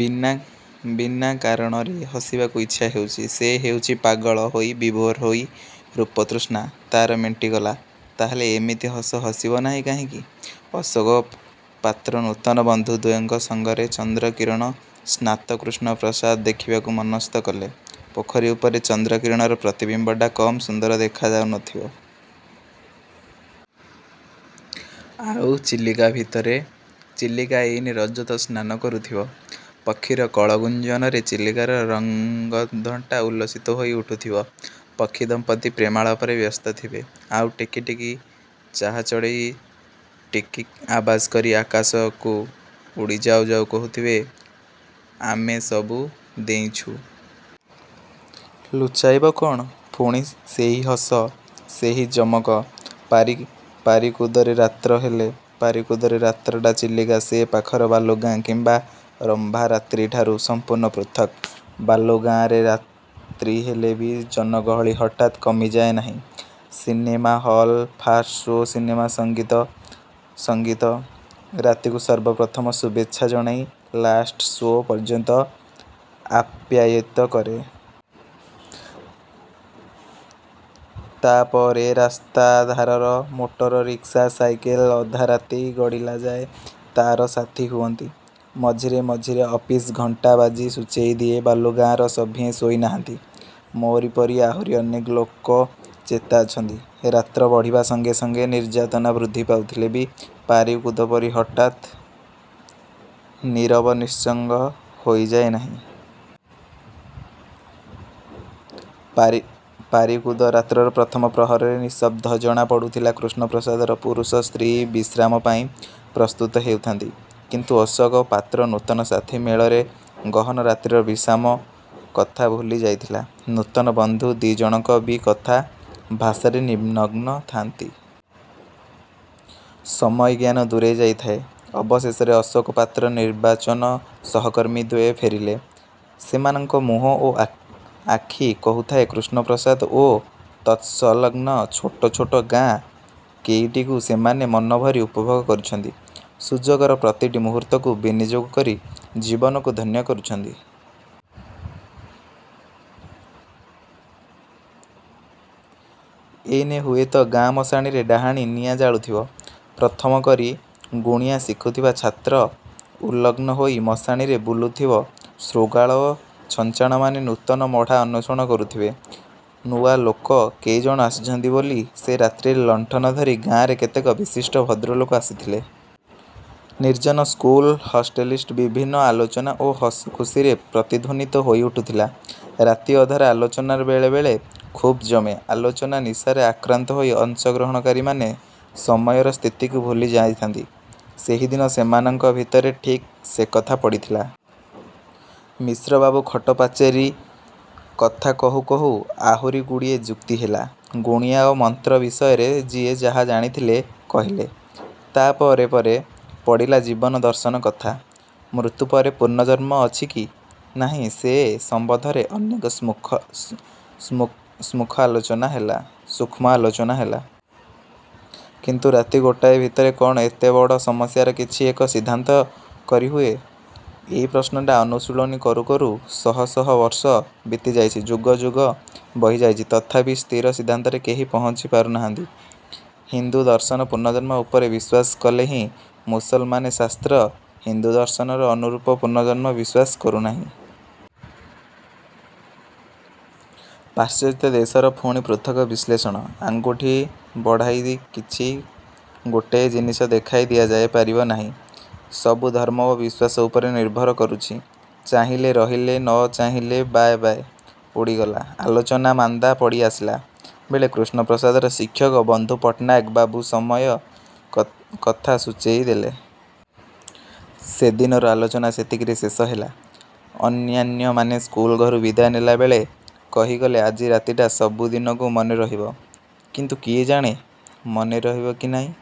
ବିନା କାରଣରେ ହସିବାକୁ ଇଚ୍ଛା ହେଉଛି। ସେ ହସୁଛି ପାଗଳ ହୋଇ, ବିଭୋର ହୋଇ। ରୂପତୃଷ୍ଣା ତାର ମେଣ୍ଟିଗଲା। ତାହାହେଲେ ଏମିତି ହସ ହସିବ ନାହିଁ କାହିଁକି? ଅଶୋକ ପାତ୍ର ନୂତନ ବନ୍ଧୁଦ୍ୱୟଙ୍କ। ସଙ୍ଗରେ ଚନ୍ଦ୍ର କିରଣ ସ୍ନାତ କୃଷ୍ଣପ୍ରସାଦ ଦେଖିବାକୁ ମନସ୍ଥ କଲେ। ପୋଖରୀ ଉପରେ ଚନ୍ଦ୍ର କିରଣର ପ୍ରତିବିମ୍ୱଟା କମ୍ ସୁନ୍ଦର ଦେଖା ଯାଉ ନଥିବ! ଆଉ ଚିଲିକା ଭିତରେ? ଚିଲିକା ଏଇନେ ରଜତ–ସ୍ନାନ କରୁଥିବ। ପକ୍ଷୀର କଳଗୁଞ୍ଜନରେ ଚିଲିକାର ରିଙ୍ଗ୍ବନ୍ଧଟା ଉଲ୍ଲସିତ ହୋଇ ଉଠିଥିବ। ପକ୍ଷୀ ଦମ୍ପତି ପ୍ରେମାଳାପରେ ବ୍ୟସ୍ତ ଥିବେ। ଆଉ ଟିକି ଟିକି ଚାହା ଚଢ଼େଇ ଟିକ୍ଟିକ୍ ଆବାଜ କରି ଆକାଶକୁ ଉଡ଼ି ଯାଉ ଯାଉ କହୁଥିବ ଆମେ ସବୁ ଦେଇଛୁଁ। ଲୁଚାଇବ କଣ? '' ପୁଣି ସେହି ହସ, ସେହି ଜମକ। ପାରିକୁଦରେ ରାତ୍ରି ହେଲା। ପାରିକୁଦର ରାତ୍ରିଟା ଚିଲିକା ସେ ପାଖର ବାଲୁଗାଁ କିମ୍ୱା ରମ୍ଭାରାତ୍ରିଠାରୁ ସମ୍ପୂର୍ଣ୍ଣ ପୃଥକ୍-। ବାଲୁଗାଁରେ ରାତ୍ରି ହେଲେ ବି ଜନଗହଳି ହଠାତ୍ କମିଯାଏ ନାହିଁ। ସିନେମା ହଲ୍ର ଫାଷ୍ଟ୍ ସୋ' ସିନେମା ସଙ୍ଗୀତ, ରାତିକୁ ସର୍ବପ୍ରଥମ ଶୁଭେଚ୍ଛା ଜଣାଇ 'ଲାଷ୍ଟ୍ ସୋ' ପର୍ଯ୍ୟନ୍ତ ଆପ୍ୟାୟିତ କରେ। ତା'ପରେ ରାସ୍ତାଧାରର ମୋଟର, ରିକ୍ସା, ସାଇକଲ ଅଧରାତି ଗଡ଼ିଲା ଯାଏ ତାର ସାଥି ହୁଅନ୍ତି। ମଝିରେ ମଝିରେ ଅଫିସ୍ ଘଣ୍ଟା ବାଜି ସୂଚେଇ ଦିଏ, ''ବାଲୁଗାଁର ସଭିଏଁ ଶୋଇ ନାହାନ୍ତି। ମୋରି ପରି ଆହୁରି ଅନେକ ଲୋକ ଚେତା ଅଛନ୍ତି। '' ରାତ୍ରି ବଢ଼ିବା ସଙ୍ଗେ ସଙ୍ଗେ ନିର୍ଜନତା ବୃଦ୍ଧି ପାଉଥିଲେ ବି ପାରିକୁଦ ପରି ହଠାତ୍ ନୀରବ, ନିଃସଙ୍ଗ ହୋଇ ଯାଏନାହିଁ। ପାରିକୁଦ, ରାତ୍ରିର ପ୍ରଥମ ପ୍ରହରରେ ନିଶବ୍ଦ ଜଣା ପଡ଼ୁଥିଲା। କୃଷ୍ଣପ୍ରସାଦର ପୁରୁଷ ସ୍ତ୍ରୀ ବିଶ୍ରାମ ପାଇଁ ପ୍ରସ୍ତୁତ ହେଉଥାନ୍ତି। କିନ୍ତୁ ଅଶୋକ ପାତ୍ର ନୂତନ ସାଥି ମେଳରେ ଗହନ ରାତ୍ରିର ବିଶ୍ରାମ କଥା ଭୁଲି ଯାଇଥିଲା। ନୂତନ ବନ୍ଧୁ ଦି'ଜଣକ ବି କଥା ଭାଷାରେ ନିମଗ୍ନ ଥାନ୍ତି। ସମୟଜ୍ଞାନ ଦୂରେଇ ଯାଇଥାଏ। ଅବଶେଷରେ ଅଶୋକ ପାତ୍ର ନିର୍ବାଚନ ସହକର୍ମୀ ଦ୍ୱୟ ଫେରିଲେ। ସେମାନଙ୍କ ମୁହଁ ଓ ଆଖି କହୁଥାଏ କୃଷ୍ଣପ୍ରସାଦ ଓ ତତ୍ସଂଲଗ୍ନ ଛୋଟ ଛୋଟ ଗାଁ କେଇଟିକୁ ସେମାନେ ମନଭରି ଉପଭୋଗ କରିଛନ୍ତି। ସୁଯୋଗର ପ୍ରତିଟି ମୁହୂର୍ତ୍ତକୁ ବିନିଯୋଗ କରି ଜୀବନକୁ ଧନ୍ୟ କରିଛନ୍ତି। ଏଇନେ ହୁଏତ ଗାଁ ମଶାଣିରେ ଡାହାଣୀ ନିଆଁ ଜଳୁଥିବ। ପ୍ରଥମ କରି ଗୁଣିଆ ଶିଖୁଥିବା ଛାତ୍ର ଉଲଗ୍ନ ହୋଇ ମଶାଣୀରେ ବୁଲୁଥିବ। ଶୃଗାଳ ଓ ଛଞ୍ଚାଣମାନେ ନୂତନ ମଢ଼ା ଅନ୍ୱେଷଣ କରୁଥିବେ। ନୂଆ ଲୋକ କେଇଜଣ ଆସିଛନ୍ତି ବୋଲି ସେ ରାତ୍ରିରେ ଲୁଣ୍ଠନ ଧରି ଗାଁର କେତକ ବିଶିଷ୍ଟ ଭଦ୍ରଲୋକ ଆସିଥିଲେ। ନିର୍ଜନ ସ୍କୁଲ ହୋଷ୍ଟେଲ୍ଟି ବିଭିନ୍ନ ଆଲୋଚନା ଓ ହସ ଖୁସିରେ ପ୍ରତଧ୍ୱନିତ ହୋଇ ଉଠିଲା। ରାତି ଅଧର ଆଲୋଚନା ବେଳେ ବେଳେ ଖୁବ୍ ଜମେ। ଆଲୋଚନା ନିଶାରେ ଆକ୍ରାନ୍ତ ହୋଇ ଅଂଶ ଗ୍ରହଣକାରୀମାନେ ସମୟର ସ୍ଥିତିକୁ ଭୁଲି ଯାଆନ୍ତି। ସେଦିନ ସେମାନଙ୍କ ଭିତରେ ଠିକ ସେଇକଥା ପଡ଼ିଥିଲା। ମିଶ୍ରବାବୁ 'ଖଟ-ପାଚେରୀ' କଥା କହୁ କହୁ ଆହୁରି ଗୁଡ଼ିଏ ଯୁକ୍ତି ହେଲା। ଗୁଣିଆ ଓ ମନ୍ତ୍ର ବିଷୟରେ ଯିଏ ଯାହା ଜାଣିଥିଲେ କହିଲେ। ତା'ପରେ ପରେ ପଡ଼ିଲା ଜୀବନ ଦର୍ଶନ କଥା। ମୃତ୍ୟୁପରେ ପୁନର୍ଜନ୍ମ ଅଛି କି ନାହିଁ ସେ ସମ୍ୱନ୍ଧରେ ଅନେକ ସୂକ୍ଷ୍ମ ଆଲୋଚନା ହେଲା। କିନ୍ତୁ ରାତି ଗୋଟାକ ଭିତରେ କଣ ଏତେ ବଡ଼ ସମସ୍ୟାର କିଛି ଏକ ସିଦ୍ଧାନ୍ତ କରିହୁଏ? ଏଇ ପ୍ରଶ୍ନଟାକୁ ଅନୁଶୀଳନ କରୁ କରୁ ଶହ ଶହ ବର୍ଷ ବିତିଯାଇଛି। ଯୁଗ ପରେ ଯୁଗ ବହି ଯାଇଛି। ତଥାପି ସ୍ଥିର ସିଦ୍ଧାନ୍ତରେ କେହି ପହୁଞ୍ଚି ପାରିନାହିଁ। ହିନ୍ଦୁ ଦର୍ଶନ ପୁନର୍ଜନ୍ମ ଉପରେ ବିଶ୍ୱାସ କଲେହେଁ, ମୁସଲମାନେ ଶାସ୍ତ୍ର ହିନ୍ଦୁଦର୍ଶନର ଅନୁରୂପ ପୁନର୍ଜନ୍ମକୁ ବିଶ୍ୱାସ କରୁନାହିଁ। ପାଶ୍ଚାତ୍ୟ ଦେଶର ପୁଣି ପୃଥକ୍ ବିଶ୍ଳେଷଣ। ଆଙ୍ଗୁଠି ବଢ଼ାଇତ କିଛି ଗୋଟିଏ ଜିନିଷ ଦେଖାଇ ଦିଆଯାଇ ପାରିବ ନାହିଁ! ସବୁ ଧର୍ମ ଓ ବିଶ୍ୱାସ ଉପରେ ନିର୍ଭର କରୁଛି। ଚାହିଁଲେ ରହିଲା, ନ ଚାହିଁଲେ ବାଏଁ ବାଏଁ ଉଡ଼ିଗଲା। ଆଲୋଚନା ମାନ୍ଦା ପଡ଼ି ଆସିଲା ବେଳେ କୃଷ୍ଣପ୍ରାସାଦର ଶିକ୍ଷକ-ବନ୍ଧୁ ପଟ୍ଟନାୟକ ବାବୁ ସମୟ କଥା ସୂଚେଇ ଦେଲେ। ସେଦିନର ଆଲୋଚନା ସେତିକିରେ ଶେଷ ହେଲା। ଅନ୍ୟାନ୍ୟମାନେ ସ୍କୁଲ ଘରୁ ବିଦାୟ ନେଲାବେଳେ କହିଗଲେ, 'ଆଜି ରାତିଟା ସବୁଦିନକୁ ମନେ ରହିବ। ' କିନ୍ତୁ କିଏ ଜାଣେ ମନେ ରହିବ କି ନାହିଁ?